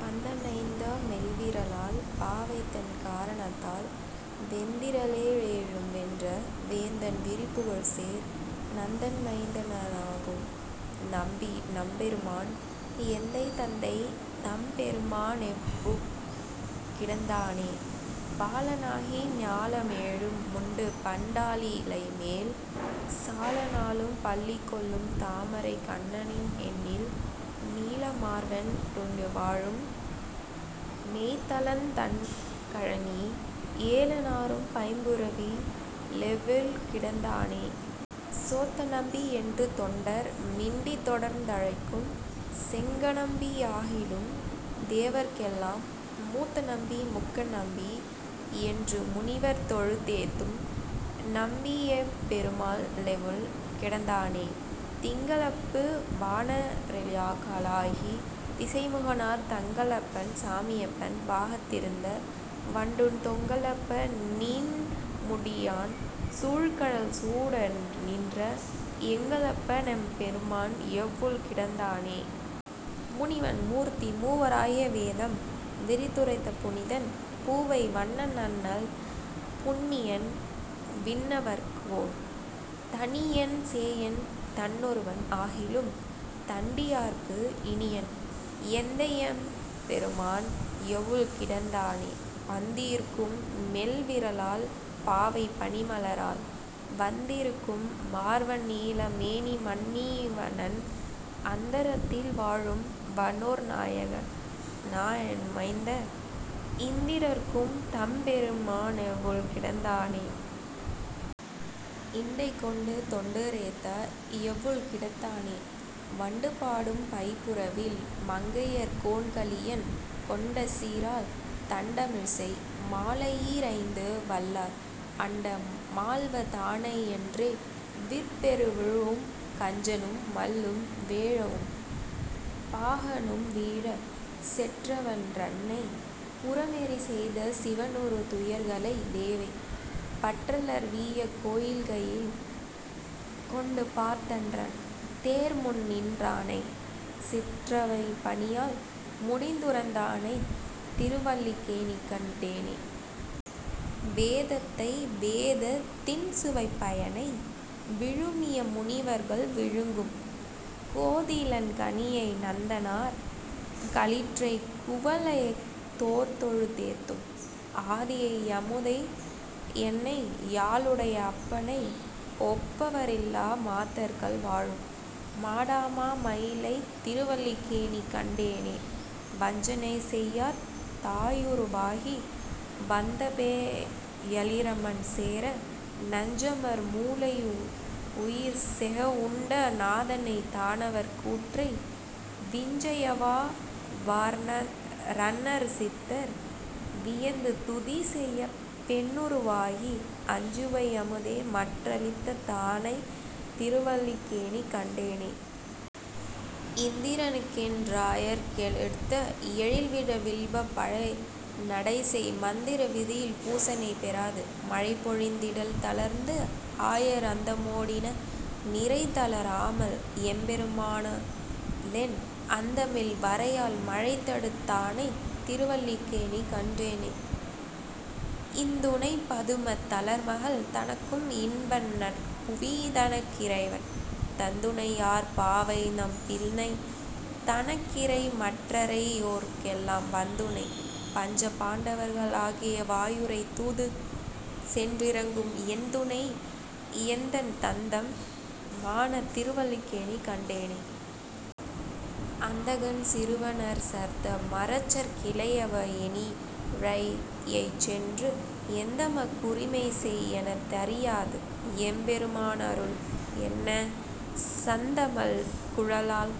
பந்த ணைந்த மெல்விரலாள் பாவைதன் காரணத்தால், வெந்தி றலே றேழும்வென்ற வேந்தன் விரிபுகழ்சேர், நந்தன் மைந்த னாகவாகும் நம்பி நம்பெருமான்,। எந்தை தந்தை தம்பெருமானெவ்வுள் கிடந்தானே.. பால நாகி ஞாலமேழு முண்டுபண் டாலிலைமேல், சால நாளும் பள்ளிகொள்ளும் தாமரைக் கண்ணன்எண்ணில், நீல மார்வண் டுண்டுவாழும் நெய்தலந் தண்கழனி, ஏல நாறும் பைம்புறவி லெவ்வுள் கிடந்தானே.. சோத்த நம்பி யென்றுதொண்டர் மிண்டித் தொடர்ந்தழைக்கும், செங்கணம்பி யாகிலும் தேவர்க்கெல்லாம், மூத்த நம்பி முக்கணம்பி யென்று முனிவர்த்தொழு- தேத்தும், நம்பி யெம்பெருமா னெவ்வுள் கிடந்தானே.. திங்க ளப்பு வானெரிகாலாகி, திசைமுகனார் தங்க ளப்பன் சாமியப்பன் பாகத் திருந்த, வண்டுண் தொங்க லப்பு நீண்முடியான் சூழ் கழல் சூடநின்ற, எங்க ளப்ப னெம்பெருமான் எவ்வுள் கிடந்தானே.. முனிவன் மூர்த்தி மூவராகிய வேதம் விரித்துரைத்த புனிதன், பூவை வண்ணனண்ணல் புண்ணியன் விண்ணவர்கோன், தனியன் சேயன் தன்னொருவன் ஆகிலும் தன்டியார்க்கு இனியன், எந்தை யெம்பெருமான் எவ்வுள் கிடந்தானே.. பந்தி ருக்கும் மெல்விரலாள் பாவை பனிமலராள், வந்தி ருக்கும் மார்வன்நீல மேனி மணிவண்ணன், அந்த ரத்தில் வாழும் வனோர் நாயக னாயமைந்த, இந்தி ரற்கும் தம்பெருமா னெவ்வுள் கிடந்தானே.. இண்டை கொண்டு தொண்டரேத்த எவ்வுள் கிடந்தானை, வண்டு பாடும் பைபுறவில் மங்கையர் கோன்கலியன், கொண்ட சீரால் தண்டமிழ்செய் மாலையீ ரைந்தும்வல்லார், அண்ட மாள்வ தாணையன்றே விற்பெரு விழவும் கஞ்சனும் மல்லும் வேழமும் பாகனும் வீழ, செற்றவன் றன்னை, புரமெரி செய்த சிவனுறு துயர்களை தேவை, பற்றலர் வீயக் கோயில்கையில் கொண்டு பார்த்தன்றன் தேர்முன்நின் றானை, சிற்றவை பணியால் முடிதுறந் தானைத் திருவல்லிக் கேணிக்கண் டேனே.. வேதத்தை வேதத் தின்சுவைப் பயனை விழுமிய முனிவர்கள் விழுங்கும், கோதிலின் கனியை நந்தனார் களிற்றைக் குவலயத் தோர்தொழு தேத்தும், ஆதியை யமுதை யென்னை யாளுடை அப்பனை ஒப்பவ ரில்லா மாதர்கள் வாழும், மாடமா மயிலைத் திருவல்லிக் கேணிக்கண் டேனே.. வஞ்சனை செய்யத் தாயுரு வாகி வந்தபே யலறிமண் சேர, நஞ்சமர் முலையூ டுஉயிர்செக வுண்ட நாதனைத் தானவர் கூற்றை, விஞ்சைவா னவர்சா ரணர்சித்தர் வியந்து துதிசெய்யப் பெண்ணுரு வாகி, அஞ்சுவை யமுத மன்றளித் தானைத் திருவல்லிக் கேணிக்கண் டேனே.. இந்திர னுக்கென் றாயர்க ளெடுத்த எழில்விழ வில்பழ நடைசெய், மந்திர விதியில் பூசனை பெறாது மழைபொழிந் திடத்தளர்ந்து, ஆயர் அந்தமோ டின நிரைதள ராமல் எம்பெரு மானரு ளென், அந்தமில் வரையால் மழைதடுத் தானைத் திருவல்லிக் கேணிக்கண் டேனே.. இந்துணைப் பதுமத் தலர்மகள் தனக்கும் இன்பன்நற் புவிதனக் கிறைவன், தந்துணை யாயர் பாவைநப் பின்னை தனக்கிறை மற்றையோர்க் கெல்லாம் வன்துணை, பஞ்ச பாண்டவர்க் ழாகி வாயுரை தூதுசென் றியங்கும் என்துணை, எந்தை தந்தைதம் மானைத் திருவல்லிக் கேணிக்கண் டேனே.. அந்தகன் சிறுவ னரசர்த்த மரசற் கிளையவ னணியிழை யைச்சென்று, எந்தமக் குரிமை செய் எனத் தரியாது எம்பெரு மானருள் என்ன, சந்தமல் குழலாள்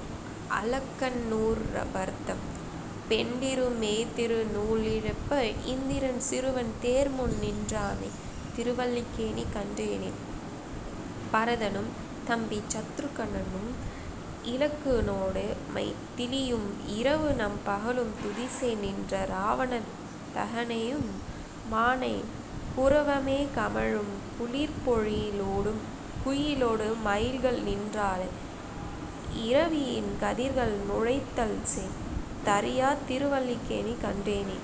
அலக்கண்நூற் றுவர்த்தம் பெண்டிரு மெய்திருநூ லிழப்ப, இந்திரன் சிறுவன் தேர்முன்நின் றானைத் திருவல்லிக் கேணிக்கண் டேனே.. பரதனும் தம்பி சத்துருக் கனன்னும் இலக்கு னோடுமை திலியும் இரவுநன் பகலும் துதிசெய்ய நின்ற இராவணாந் தகனையெம் மானை, குரவமே கமழும் குளிர்ப்பொழி லூடு குயிலொடு மயில்கள்நின் றால, இரவியின் கதிர்கள் நுழைதல்செய் தறியாத் திருவல்லிக் கேணிக்கண் டேனே..